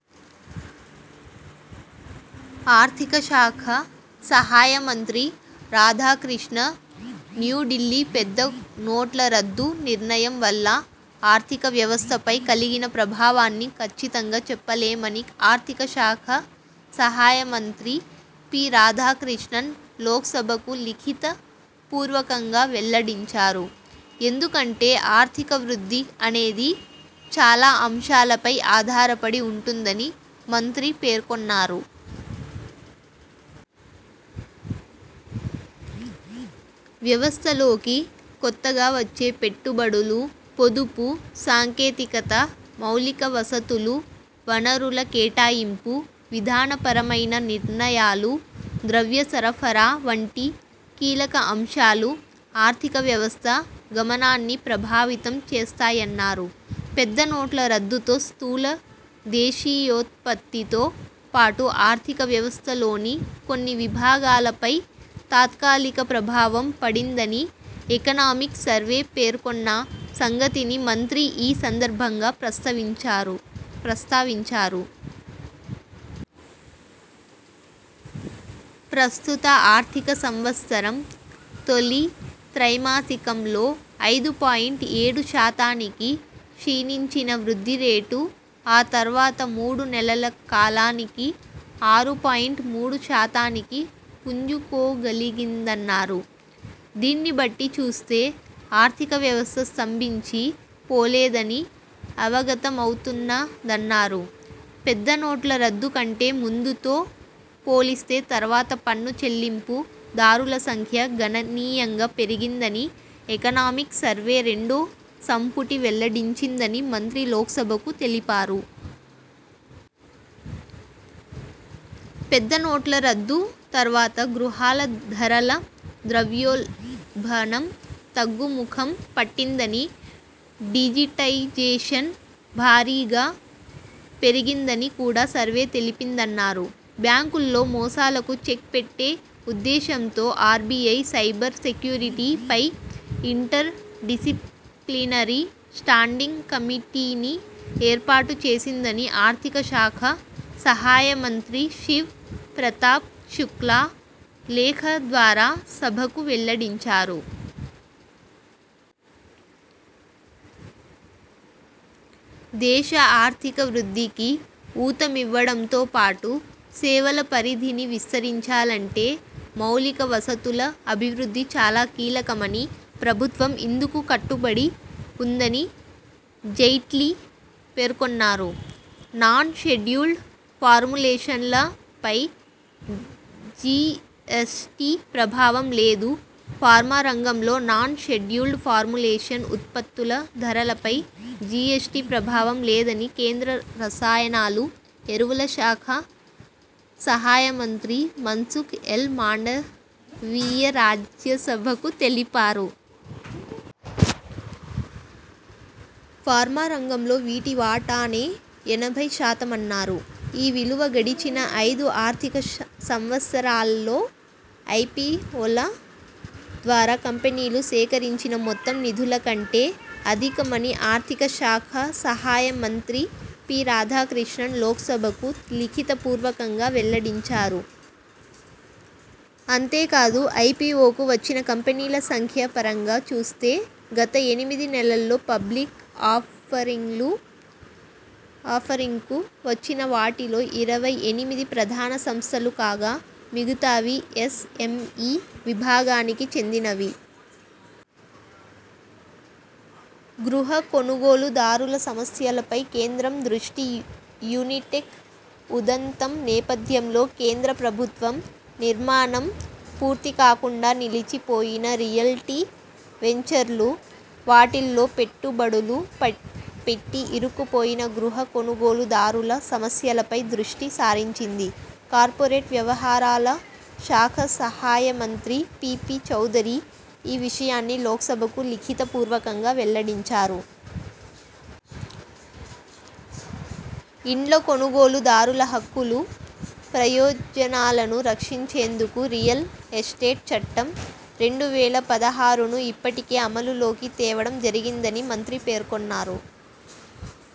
ఆర్థిక శాఖ సహాయ మంత్రి రాధాకృష్ణ న్న్యూ ఢిల్లీ పెద్ద నోట్ల రద్దు నిర్ణయం వల్ల ఆర్థిక వ్యవస్థ పై కలిగిన ప్రభావాన్ని ఖచ్చితంగా చెప్పలేమని ఆర్థిక శాఖ సహాయ మంత్రి పి రాధాకృష్ణన్ లోక్సభకు లిఖిత పూర్వకంగా వెల్లడించారు. ఎందుకంటే ఆర్థిక వృద్ధి అనేది చాలా అంశాలపై ఆధారపడి ఉంటుందని మంత్రి పేర్కొన్నారు. వ్యవస్థలోకి కొత్తగా వచ్చే పెట్టు బడులు, పొదుపు, సాంకేతికత, మౌలిక వసతులు, వనరుల కేటాయింపు, విధాన పరమైన నిర్ణయాలు, ద్రవ్య సరఫరా వంటి కీలక అంశాలు ఆర్థిక వ్యవస్థ గమనాన్ని ప్రభావితం చేస్తాయన్నారు. పెద్ద నోట్ల రద్దుతో స్థూల దేశీయోత్పత్తి తో పాటు ఆర్థిక వ్యవస్థ లోని కొన్ని విభాగాలపై తాత్కాలిక ప్రభావం పడింద ని 'ఎకనామిక్ సర్వే' పేర్కొన్న సంగతిని మంత్రి ఈ సందర్భంగా ప్రస్తావించారు. ప్రస్తుత ఆర్థిక సంవత్సరం తొలి త్రైమాసికంలో ఐదు పాయింట్ ఏడు శాతానికి క్షీణించిన వృద్ధి రేటు ఆ తర్వాత మూడు నెలల కాలానికి ఆరు పాయింట్ మూడు శాతానికి పుంజుకోగలిగిందన్నారు. దీన్నిబట్టి చూస్తే, ఆర్థిక వ్యవస్థ స్తంభించి పోలేదని అవగతమవుతున్నదన్నారు. పెద్ద నోట్ల రద్దు కంటే ముందుతో పోలిస్తే తర్వాత పన్ను చెల్లింపు దారుల సంఖ్య గణనీయంగా పెరిగిందని ఎకనామిక్ సర్వే రెండో సంపుటి వెల్లడించిందని మంత్రి లోక్సభకు తెలిపారు. పెద్ద నోట్ల రద్దు తర్వాత గృహాల ధరల ద్రవ్యోల్బణం తగ్గు ముఖం పట్టిందని, డిజిటైజేషన్ భారీగా పెరిగిందని కూడా సర్వే తెలిపిందన్నారు. బ్యాంకుల్లో మోసాలకు చెక్ పెట్టే ఉద్దేశంతో ఆర్బిఐ, సైబర్ సెక్యూరిటీ పై ఇంటర్ డిసిప్లినరీ స్టాండింగ్ కమిటీని ఏర్పాటు చేసిందని ఆర్థిక శాఖ సహాయ మంత్రి శివ్ ప్రతాప్ శుక్లా లేఖ ద్వారా సభకు వెల్లడించారు. దేశ ఆర్థిక వృద్ధికి ఊతమివ్వడంతో పాటు సేవల పరిధిని విస్తరించాలంటే మౌలిక వసతుల అభివృద్ధి చాలా కీలకమని, ప్రభుత్వం ఇందుకు కట్టుబడి ఉందని జైట్లీ పేర్కొన్నారు. నాన్ షెడ్యూల్డ్ ఫార్ములేషన్ల పై జిఎ్సటి ప్రభావం లేదు ఫార్మా రంగంలో నాన్ షెడ్యూల్డ్ ఫార్ములేషన్ ఉత్పత్తుల ధరలపై జిఎ్సటి ప్రభావం లేదని కేంద్ర రసాయనాలు, ఎరువుల శాఖ సహాయ మంత్రి మన్సుఖ్ ఎల్ మాండవీయ రాజ్యసభకు తెలిపారు. ఫార్మా రంగంలో వీటి వాటానే ఎనభై శాతమన్నారు. ఈ విలువ గడిచిన ఐదు ఆర్థిక సంవత్సరాల్లో ఐపిఒల ద్వారా కంపెనీలు సేకరించిన మొత్తం నిధుల కంటే అధికమని ఆర్థిక శాఖ సహాయ మంత్రి పి రాధాకృష్ణన్ లోక్సభకు లిఖిత పూర్వకంగా వెల్లడించారు. అంతేకాదు, ఐపిఒకు వచ్చిన కంపెనీల సంఖ్య పరంగా చూస్తే, గత ఎనిమిది నెలల్లో పబ్లిక్ ఆఫరింగ్కు వచ్చిన వాటిలో ఇరవై ఎనిమిది ప్రధాన సంస్థలు కాగా, మిగతావి ఎస్ఎంఇ విభాగానికి చెందినవి. గృహ కొనుగోలు దారుల సమస్యలపై కేంద్రం దృష్టి యునిటెక్ ఉదంతం నేపథ్యంలో కేంద్ర ప్రభుత్వం, నిర్మాణం పూర్తి కాకుండా నిలిచి పోయిన రియల్టీ వెంచర్లు, వాటిల్లో పెట్టు బడులు పెట్టి ఇరుక్కు పోయిన గృహ కొనుగోలు దారుల సమస్యలపై దృష్టి సారించింది. కార్పొరేట్ వ్యవహారాల శాఖ సహాయ మంత్రి పిపి చౌదరీ ఈ విషయాన్ని లోక్సభకు లిఖిత పూర్వకంగా వెల్లడించారు. ఇండ్ల కొనుగోలు దారుల హక్కులు, ప్రయోజనాలను రక్షించేందుకు రియల్ ఎస్టేట్ చట్టం, రెండు వేల పదహారును ఇప్పటికే అమలు లోకి తేవడం జరిగిందని మంత్రి పేర్కొన్నారు.